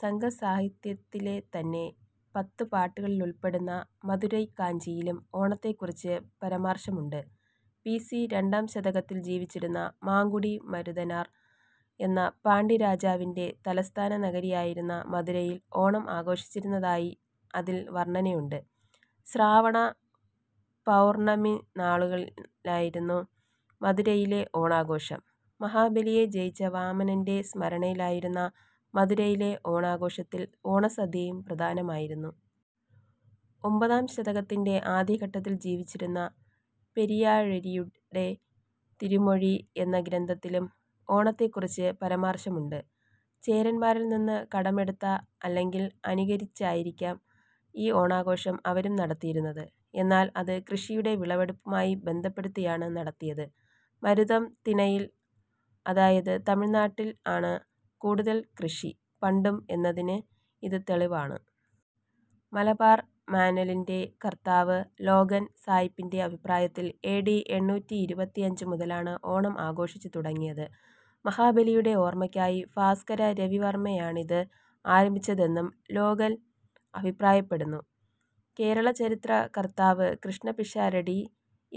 സംഘസാഹിത്യത്തിലെതന്നെ പത്തുപാട്ടുകളിലുൾപ്പെടുന്ന 'മധുരൈ കാഞ്ചി'യിലും ഓണത്തെക്കുറിച്ച് പരാമർശമുണ്ട്. ബി. സി. രണ്ടാം ശതകത്തിൽ ജീവിച്ചിരുന്ന 'മാങ്കുടി മരുതനാർ' എന്ന പാണ്ഡ്യരാജാവിന്റെ തലസ്ഥാന നഗരിയായിരുന്ന മധുരയിൽ ഓണം ആഘോഷിച്ചിരുന്നതായി അതിൽ വർണ്ണനയുണ്ട്. ശ്രാവണ പൗർണ്ണമിനാളിലായിരുന്നു മധുരയിലെ ഓണാഘോഷം. മഹാബലിയെ ജയിച്ച വാമനന്റെ സ്മരണയിലായിരുന്ന മധുരയിലെ ഓണാഘോഷത്തിൽ 'ഓണസദ്യയും' പ്രധാനമായിരുന്നു. ഒമ്പതാം ശതകത്തിന്റെ ആദ്യഘട്ടത്തിൽ ജീവിച്ചിരുന്ന പെരിയാഴ്വരുടെ 'തിരുമൊഴി' എന്ന ഗ്രന്ഥത്തിലും ഓണത്തെക്കുറിച്ച് പരാമർശമുണ്ട്. ചേരന്മാരിൽ നിന്ന് കടം എടുത്ത അല്ലെങ്കിൽ അനുകരിച്ചായിരിക്കാം ഈ ഓണാഘോഷം അവരും നടത്തിയിരുന്നത്. എന്നാൽ അത് കൃഷിയുടെ വിളവെടുപ്പുമായി ബന്ധപ്പെടുത്തിയാണ് നടത്തിയത്. മരുതം തിണയിൽ അതായത് തമിഴ്നാട്ടിൽ ആണ് കൂടുതൽ കൃഷി പണ്ടും എന്നതിന് ഇത് തെളിവാണ്. മലബാർ മാന്വലിന്റെ കർത്താവ് ലോഗൻ സായിപ്പിന്റെ അഭിപ്രായത്തിൽ എ. ഡി. എണ്ണൂറ്റിഇരുപത്തിയഞ്ച് മുതലാണ് ഓണം ആഘോഷിച്ചു തുടങ്ങിയത്. മഹാബലിയുടെ ഓർമ്മക്കായി ഭാസ്കര രവിവർമ്മയാണിത് ആരംഭിച്ചതെന്നും ലോഗൻ അഭിപ്രായപ്പെടുന്നു. കേരള ചരിത്ര കർത്താവ് കൃഷ്ണപിഷാരടി,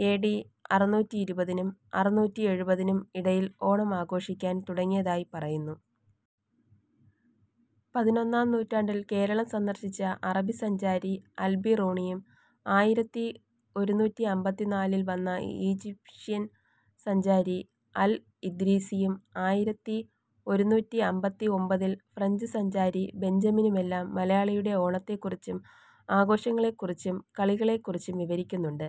എ. ഡി. അറുനൂറ്റിഇരുപതിനും അറുനൂറ്റിഎഴുപതിനും ഇടയിൽ ഓണം ആഘോഷിക്കാൻ തുടങ്ങിയതായി പറയുന്നു. പതിനൊന്നാം നൂറ്റാണ്ടിൽ കേരളം സന്ദർശിച്ച അറബിസഞ്ചാരി അൽബിറൂണിയും ആയിരത്തിഒരുനൂറ്റിഅമ്പത്തിനാലിൽ വന്ന ഈജിപ്ഷ്യൻ സഞ്ചാരി അൽ ഇദ്രീസിയും ആയിരത്തിഒരുനൂറ്റിഅമ്പത്തിഒമ്പതിൽ ഫ്രഞ്ച് സഞ്ചാരി ബഞ്ചമിനുമെല്ലാം മലയാളിയുടെ ഓണത്തെക്കുറിച്ചും ആഘോഷങ്ങളെക്കുറിച്ചും കളികളെക്കുറിച്ചും വിവരിക്കുന്നുണ്ട്.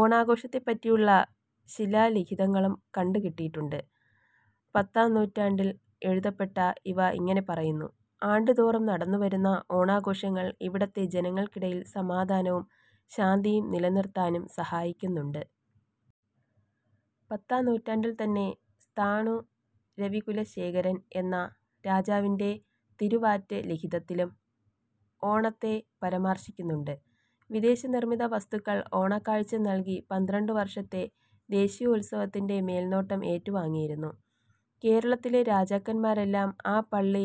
ഓണാഘോഷത്തെപ്പറ്റിയുള്ള ശിലാലിഖിതങ്ങളും കണ്ടുകിട്ടിയിട്ടുണ്ട്. പത്താം നൂറ്റാണ്ടിൽ എഴുതപ്പെട്ട ഇവ ഇങ്ങനെ പറയുന്നു. "ആണ്ടുതോറും നടന്നുവരുന്ന ഓണാഘോഷങ്ങൾ ഇവിടുത്തെ ജനങ്ങൾക്കിടയിൽ സമാധാനവും ശാന്തിയും നിലനിർത്താനും സഹായിക്കുന്നുണ്ട്". പത്താം നൂറ്റാണ്ടിൽത്തന്നെ സ്ഥാണു രവികുലശേഖരൻ എന്ന രാജാവിന്റെ തിരുവാറ്റ് ലിഖിതത്തിലും ഓണത്തെ പരാമർശിക്കുന്നുണ്ട്. വിദേശനിർമ്മിത വസ്തുക്കൾ ഓണക്കാഴ്ച നൽകി പന്ത്രണ്ടുവർഷത്തെ ദേശീയോത്സവത്തിന്റെ മേൽനോട്ടം ഏറ്റുവാങ്ങിയിരുന്നു. കേരളത്തിലെ രാജാക്കൻമാരെല്ലാം ആ പള്ളി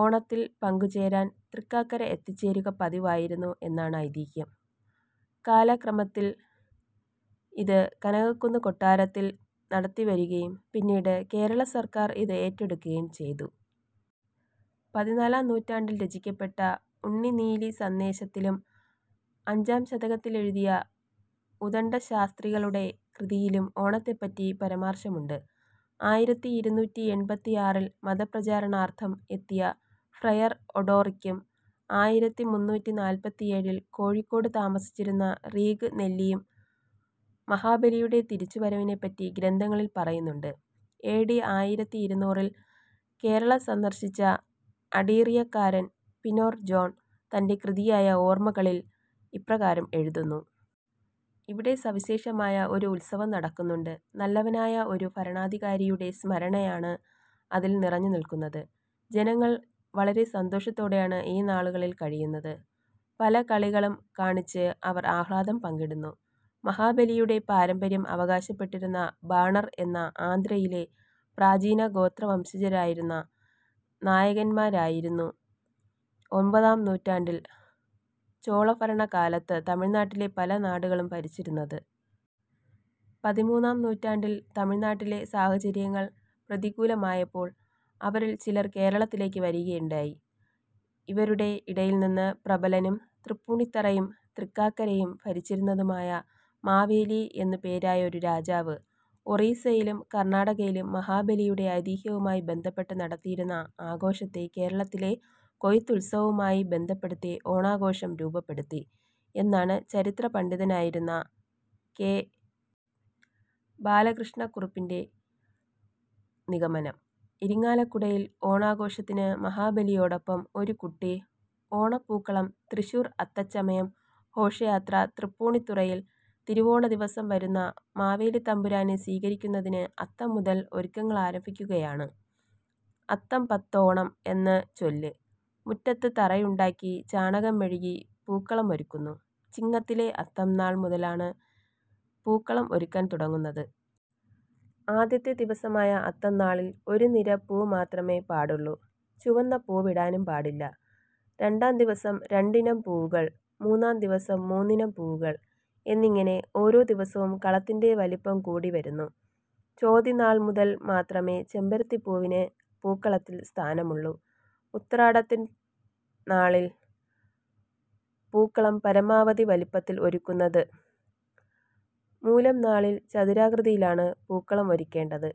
ഓണത്തിൽ പങ്കുചേരാൻ തൃക്കാക്കര എത്തിച്ചേരുക പതിവായിരുന്നു എന്നാണ് ഐതിഹ്യം. കാലക്രമത്തിൽ ഇത് കനകക്കുന്ന് കൊട്ടാരത്തിൽ നടത്തിവരുകയും പിന്നീട് കേരളസർക്കാർ ഇത് ഏറ്റെടുക്കുകയും ചെയ്തു. പതിനാലാം നൂറ്റാണ്ടിൽ രചിക്കപ്പെട്ട 'ഉണ്ണിനീലിസന്ദേശ'ത്തിലും അഞ്ചാം ശതകത്തിലെഴുതിയ ഉദണ്ഡശാസ്ത്രികളുടെ കൃതിയിലും ഓണത്തെപ്പറ്റി പരാമർശമുണ്ട്. ആയിരത്തിഇരുനൂറ്റിഎൺപത്തിആറിൽ മതപ്രചാരണാർത്ഥം എത്തിയ ഫ്രയർ ഒഡോറിക്കും ആയിരത്തിമുന്നൂറ്റിനാല്പത്തിയേഴിൽ കോഴിക്കോട് താമസിച്ചിരുന്ന റീഗ് നെല്ലിയും മഹാബലിയുടെ തിരിച്ചുവരവിനെപ്പറ്റി ഗ്രന്ഥങ്ങളിൽ പറയുന്നുണ്ട്. എ. ഡി. ആയിരത്തിഇരുനൂറിൽ കേരളം സന്ദർശിച്ച അഡീറിയക്കാരൻ 'പിനോർ ജോൺ' തന്റെ കൃതിയായ 'ഓർമ്മകളിൽ' ഇപ്രകാരം എഴുതുന്നു. "ഇവിടെ സവിശേഷമായ ഒരു ഉത്സവം നടക്കുന്നുണ്ട്. നല്ലവനായ ഒരു ഭരണാധികാരിയുടെ സ്മരണയാണ് അതിൽ നിറഞ്ഞു നിൽക്കുന്നത്. ജനങ്ങൾ വളരെ സന്തോഷത്തോടെയാണ് ഈ നാളുകളിൽ കഴിയുന്നത്. പല കളികളും കാണിച്ച് അവർ ആഹ്ലാദം പങ്കിടുന്നു. " മഹാബലിയുടെ പാരമ്പര്യം അവകാശപ്പെട്ടിരുന്ന ബാണർ എന്ന ആന്ധ്രയിലെ പ്രാചീനഗോത്രവംശജരായിരുന്ന നായകന്മാരായിരുന്നു ഒമ്പതാം നൂറ്റാണ്ടിൽ ചോളഭരണ കാലത്ത് തമിഴ്നാട്ടിലെ പല നാടുകളും ഭരിച്ചിരുന്നത്. പതിമൂന്നാം നൂറ്റാണ്ടിൽ തമിഴ്നാട്ടിലെ സാഹചര്യങ്ങൾ പ്രതികൂലമായപ്പോൾ അവരിൽ ചിലർ കേരളത്തിലേക്ക് വരികയുണ്ടായി. ഇവരുടെ ഇടയിൽനിന്ന് പ്രബലനും തൃപ്പൂണിത്തറയും, തൃക്കാക്കരയും ഭരിച്ചിരുന്നതുമായ 'മാവേലി' എന്നു പേരായ ഒരു രാജാവ്, ഒറീസയിലും, കർണാടകയിലും മഹാബലിയുടെ ഐതിഹ്യവുമായി ബന്ധപ്പെട്ട് നടത്തിയിരുന്ന ആഘോഷത്തെ കേരളത്തിലെ കൊയ്ത്തുത്സവവുമായി ബന്ധപ്പെടുത്തി ഓണാഘോഷം രൂപപ്പെടുത്തി. എന്നാണ് ചരിത്രപണ്ഡിതനായിരുന്ന കെ. ബാലകൃഷ്ണ കുറുപ്പിന്റെ നിഗമനം. ഇരിങ്ങാലക്കുടയിൽ ഓണാഘോഷത്തിന് മഹാബലിയോടൊപ്പം ഒരു കുട്ടി ഓണപൂക്കളം തൃശൂർ അത്തച്ചമയം ഘോഷയാത്ര തൃപ്പൂണിത്തുറയിൽ 'തിരുവോണദിവസം വരുന്ന മാവേലിത്തമ്പുരാനെ സ്വീകരിക്കുന്നതിന് അത്തം മുതൽ ഒരുക്കങ്ങളാരംഭിക്കുകയാണ്. 'അത്തം പത്തോണം' എന്ന് ചൊല്ല്. മുറ്റത്ത് തറയുണ്ടാക്കി ചാണകം മെഴുകി പൂക്കളമൊരുക്കുന്നു. ചിങ്ങത്തിലെ അത്തംനാൾ മുതലാണ് പൂക്കളം ഒരുക്കാൻ തുടങ്ങുന്നത്. ആദ്യത്തെ ദിവസമായ അത്തംനാളിൽ ഒരു നിര പൂ മാത്രമേ പാടുള്ളൂ. ചുവന്ന പൂവിടാനും പാടില്ല. രണ്ടാം ദിവസം രണ്ടിനം പൂവുകൾ മൂന്നാം ദിവസം മൂന്നിനം പൂവുകൾ എന്നിങ്ങനെ ഓരോ ദിവസവും കളത്തിന്റെ വലിപ്പം കൂടി വരുന്നു. ചോതിനാൾ മുതൽ മാത്രമേ ചെമ്പരത്തിപ്പൂവിന് പൂക്കളത്തിൽ സ്ഥാനമുള്ളൂ. ഉത്രാടത്തിൻനാളിലാണ് പൂക്കളം പരമാവധി വലിപ്പത്തിൽ ഒരുക്കുന്നത്. മൂലം നാളിൽ ചതുരാകൃതിയിലാണ് പൂക്കളം ഒരുക്കേണ്ടത്.